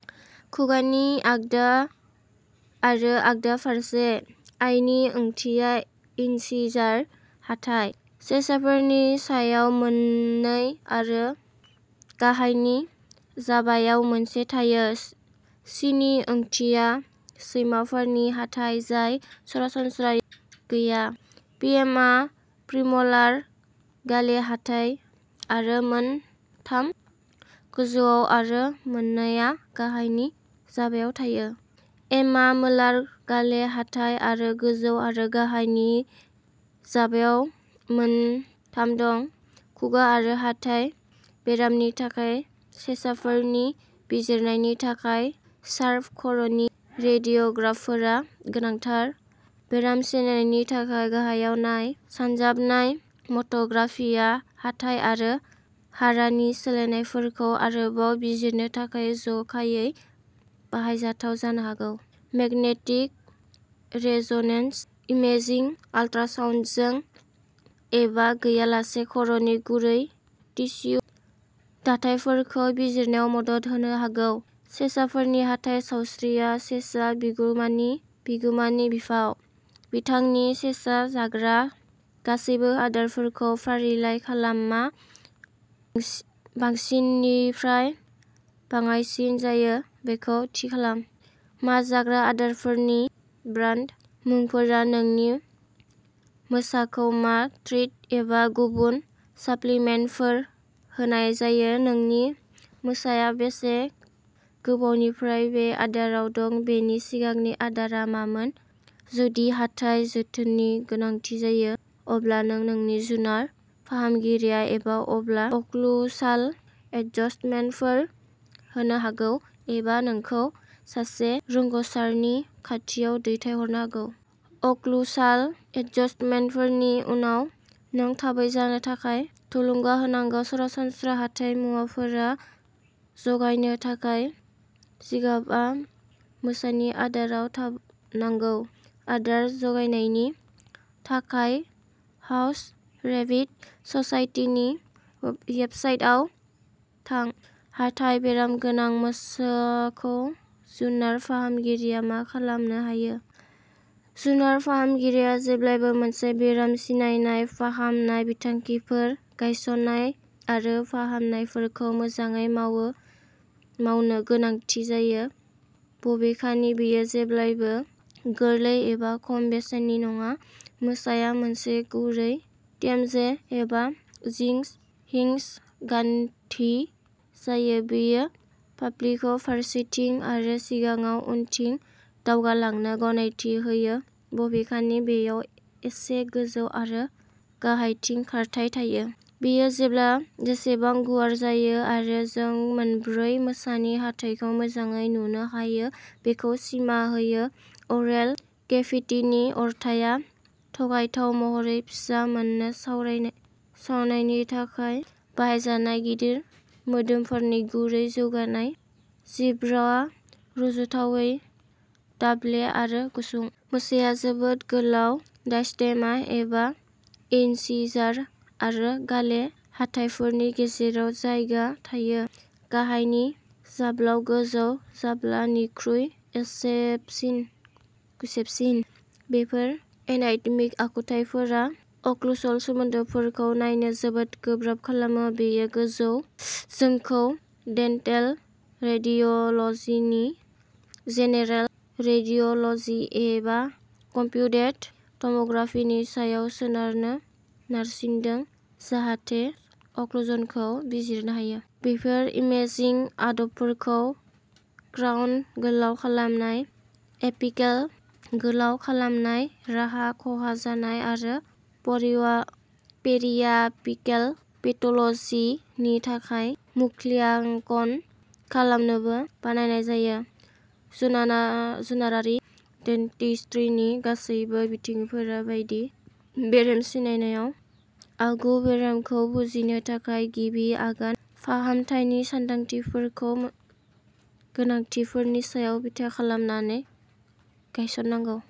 खुगानि आगदा आरो आगदा फारसे। आइ नि ओंथिया इन्सिजार हाथाइ। सेसाफोरनि सायाव मोन नै आरो गाहायनि जाबायाव मोनसे थायो। सि नि ओंथिया सैमाफोरनि हाथाइ जाय सरासनस्रायै गैया। पिएमआ प्रिम'लार गाले हाथाइ आरो मोन थामआ गोजौआव आरो मोन नै आ गाहायनि जाबायाव थायो। एमआ मोलार गाले हाथाइ आरो गोजौ आरो गाहायनि जाबायाव मोन थाम दं। खुगा आरो हाथाइ बेरामनि थाखाय सेसाफोरनि बिजिरनायनि थाखाय सार्भे खर'नि रेडिय'ग्राफफोरा गोनांथार। बेराम सिनायनायनि थाखाय गाहायाव नाय। सानजाबनाय टम'ग्राफिया हाथाइ आरो हारानि सोलायनायफोरखौ आरोबाव बिजिरनो थाखाय जर'खायै बाहायजाथाव जानो हागौ। मेगनेटिक रेज'नेन्स इमेजिं आल्ट्रासाउन्डजों एबा गैयालासे खर'नि गुरै टिस्यु दाथायफोरखौ बिजिरनायाव मदद होनो हागौ। सेसाफोरनि हाथाइ सावस्रियाव सेसा बिगुमानि बिगोमानि बिफाव। नोंथांनि सेसा जाग्रा गासैबो आदारफोरखौ फारिलाइ खालाम मा बांसिननिफ्राय बाङाइसिन जायो बेखौ थि खालाम। मा जाग्रा आदारफोरनि ब्रान्ड मुंफोरा नोंनि मोसाखौ मा ट्रिट एबा गुबुन साप्लिमेन्टफोर होनाय जायो? नोंनि मोसाया बेसे गोबावनिफ्राय बे आदाराव दं, बेनि सिगांनि आदारआ मामोन? जुदि हाथाइ जोथोननि गोनांथि जायो, अब्ला नोंनि जुनार फाहामगिरिया एबा अब्ला अक्लुसाल एडजस्टमेन्टफोर होनो हागौ एबा नोंखौ सासे रोंग'सारनि खाथियाव दैथायहरनो हागौ। अक्लुसाल एडजस्टमेन्टफोरनि उनाव, नों थाबै जानो थाखाय थुलुंगा होनांगौ। सरासनस्रा हाथाइ मुवाफोर जगायनो थाखाय जिगाबआ मोसानि आदाराव थानांगौ। आदार जगायनायनि थाखाय हाउस रेबिट ससाइटिनि वेबसाइटाव थां। हाथाइ बेराम गोनां मोसाखौ जुनार फाहामगिरिया मा खालामनो हायो? जुनार फाहामगिरिया जेब्लाबो मोनसे बेराम सिनायनाय, फाहामनाय बिथांखिफोर गायसन्नाय आरो फाहामनायफोरखौ मोजाङै मावनो गोनांथि जायो। बबेखानि बेयो जेब्लाबो गोरलै एबा खम बेसेननि नङा। मोसाया मोनसे गुरै टिएमजे एबा हिंज गान्थि थायो। बेयो फाफ्लिखौ फारसेथिं आरो सिगाङाव उनथिं दावगालांनो गनायथि होयो, बबेखानि बेयाव एसे गोजौ आरो गाहायथिं खारथाइ थायो। बेयो जाब्ला बेसेबां गुवार जायो आरो जों माब्रै मोसानि हाथाइखौ मोजाङै नुनो हायो बेखौ सिमा होयो। अरेल केभिटिनि अरथाइया थगायथाव महरै फिसा मानोना सावनायनि थाखाय बाहायजानाय गिदिर मोदोमफोरनि गुवार जौगानाय। जिब्राआ रुजुथावनायै दाब्ले आरो गुसुं। मोसाया जोबोद गोलाव डायस्टेमा एबा इनसिजार आरो गाले हाथाइफोरनि गेजेराव जायगा थायो। गाहायनि जाब्लाआ गोजौ जाब्ला निख्रुइ गुसेबसिन। बेफोर एनाटमिक आखुथायफोरा अक्लुसल सोमोन्दोफोरखौ नायनो जोबोद गोब्राब खालामो। बेयो जोंखौ डेन्टेल रेडिय'ल'जि, जेनेरेल रेडिय'ल'जि एबा कम्पिउटेड टम'ग्राफि नि सायाव सोनारनो नारसिनदों, जाहाथे अक्लुजनखौ बिजिरनो हायो। बेफोर इमेजिं आदबफोरखौ क्राउन गोलाव खालामनाय, एपिकेल गोलाव खालामनाय, हारा खहा जानाय आरो पेरियापिकेल पेथ'ल'जि नि थाखाय मुल्याङ्कन खालामनोबो बाहायनाय जायो। जुनारारि डेन्टिस्ट्रिनि गासैबो बिथिंफोर बायदि, बेराम सिनायनाया आगु बेरामखौ बुजिनो थाखाय गिबि आगान। फाहामथायनि सानथांखिफोरखौ गोनांथिफोरनि सायाव बिथा खालामनानै गायसननांगौ।